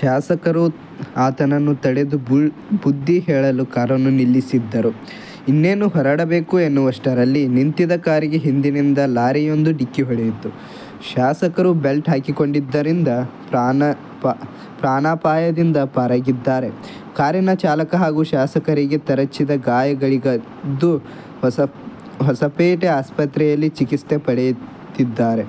ಶಾಸಕರು ಆತನನ್ನು ತಡೆದು ಬುದ್ಧಿ ಹೇಳಲು ಕಾರನ್ನು ನಿಲ್ಲಿಸಿದ್ದರು. ಇನ್ನೇನು ಹೊರಡಬೇಕು ಎನ್ನುವಷ್ಟರಲ್ಲಿ ನಿಂತಿದ್ದ ಕಾರಿಗೆ ಹಿಂದಿನಿಂದ ಲಾರಿಯೊಂದು ಡಿಕ್ಕಿ ಹೊಡೆಯಿತು. ಶಾಸಕರು ಬೆಲ್ಟ್ ಹಾಕಿಕೊಂಡಿದ್ದರಿಂದ ಪ್ರಾಣಾಪಾಯದಿಂದ ಪಾರಾಗಿದ್ದಾರೆ. ಕಾರಿನ ಚಾಲಕ ಹಾಗೂ ಶಾಸಕರಿಗೆ ತರಚಿದ ಗಾಯಗಗಿದ್ದು, ಹೊಸಪೇಟೆ ಆಸ್ಪತ್ರೆಯಲ್ಲಿ ಚಿಕಿತ್ಸೆ ಪಡೆತ್ತಿದ್ದಾರೆ.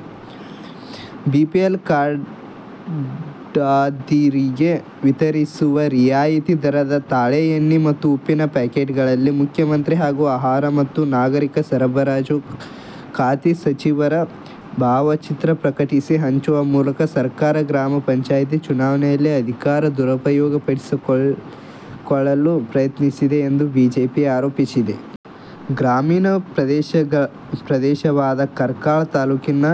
ಬಿಪಿಎಲ್ ಕಾರ್ಡ್ದಾರರಿಗೆ ವಿತರಿಸುವ ರಿಯಾಯಿತಿ ದರದ ತಾಳೆ ಎಣ್ಣೆ ಮತ್ತು ಉಪ್ಪಿನ ಪ್ಯಾಕೆಟ್ಗಳಲ್ಲಿ ಮುಖ್ಯಮಂತ್ರಿ ಹಾಗೂ ಆಹಾರ ಮತ್ತು ನಾಗರಿಕ ಸರಬರಾಜು ಖಾತೆ ಸಚಿವರ ಭಾವಚಿತ್ರ ಪ್ರಕಟಿಸಿ ಹಂಚುವ ಮೂಲಕ ಸರ್ಕಾರ ಗ್ರಾಮ ಪಂಚಾಯ್ತಿ ಚುನಾವಣೆಯಲ್ಲಿ ಅಧಿಕಾರ ದುರುಪಯೋಗಪಡಿಸಿಕೊಳ್ಳಲು ಪ್ರಯತ್ನಿಸಿದೆ ಎಂದು ಬಿಜೆಪಿ ಆರೋಪಿಸಿದೆ. ಗ್ರಾಮೀಣ ಪ್ರದೇಶವಾದ ಕಾರ್ಕಳ ತಾಲೂಕಿನ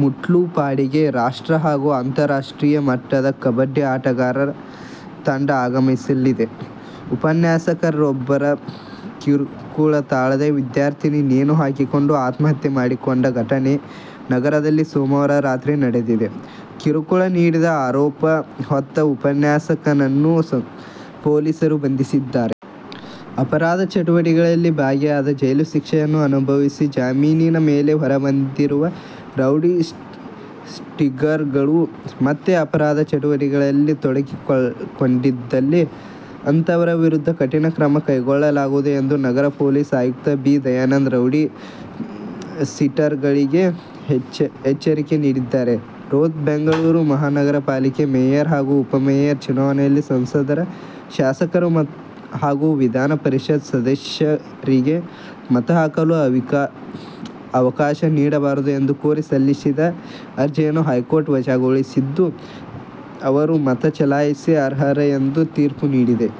ಮುಟ್ಲುಪಾಡಿಗೆ ರಾಷ್ಟ್ರ ಹಾಗೂ ಅಂತಾರಾಷ್ಟ್ರೀಯ ಮಟ್ಟದ ಕಬಡ್ಡಿ ಆಟಗಾರ ತಂಡ ಆಗಮಿಸಲಿದೆ. ಉಪನ್ಯಾಸಕರೊಬ್ಬರ ಕಿರುಕುಳ ತಾಳದೇ ವಿದ್ಯಾರ್ಥಿನಿ ನೇಣು ಹಾಕಿಕೊಂಡು ಆತ್ಮಹತ್ಯೆ ಮಾಡಿಕೊಂಡ ಘಟನೆ ನಗರದಲ್ಲಿ ಸೋಮವಾರ ರಾತ್ರಿ ನಡೆದಿದೆ. ಕಿರುಕುಳ ನೀಡಿದ ಆರೋಪ ಹೊತ್ತ ಉಪನ್ಯಾಸಕನನ್ನು ಪೊಲೀಸರು ಬಂಧಿಸಿದ್ದಾರೆ. ಅಪರಾಧ ಚಟುವಟಿಕೆಗಳಲ್ಲಿ ಭಾಗಿಯಾದ ಜೈಲು ಶಿಕ್ಷೆ ಅನುಭವಿಸಿ ಜಾಮೀನಿನ ಮೇಲೆ ಹೊರಬಂದಿರುವ ರೌಡಿ ಸ್ಟಿಕ್ರ್ಗಳು ಮತ್ತೆ ಅಪರಾಧ ಚಟುವಟಿಕೆಗಳಲ್ಲಿ ತೊಡಗಿಕೊಂಡಿದ್ದಲ್ಲಿ ಅಂತವರ ವಿರುದ್ಧ ಕಠಿಣ ಕ್ರಮ ಕೈಗೊಳ್ಳಲಾಗುವುದು ಎಂದು ನಗರ ಪೊಲೀಸ್ ಆಯುಕ್ತ ಬಿ. ದಯಾನಂದ್ ರೌಡಿ ಶೀಟರ್ಗಳಿಗೆ ಎಚ್ಚರಿಕೆ ನೀಡಿದ್ದಾರೆ. ಬೃಹತ್ ಬೆಂಗಳೂರು ಮಹಾನಗರ ಪಾಲಿಕೆ ಮೇಯರ್ ಹಾಗೂ ಉಪಮೇಯರ್ ಚುನಾವಣೆಯಲ್ಲಿ ಸಂಸದರ, ಶಾಸಕರು ಹಾಗೂ ವಿಧಾನ ಪರಿಷತ್ ಸದಸ್ಯರಿಗೆ ಮತ ಹಾಕಲು ಅವಕಾಶ ನೀಡಬಾರದು ಎಂದು ಕೋರಿ ಸಲ್ಲಿಸಿದ್ದ ಅರ್ಜಿಯನ್ನು ಹೈಕೋರ್ಟ್ ವಜಾಗೊಳಿಸಿದ್ದು, ಅವರು ಮತ ಚಲಾಯಿಸಿ ಅರ್ಹರು ಎಂದು ತೀರ್ಪು ನೀಡಿದೆ.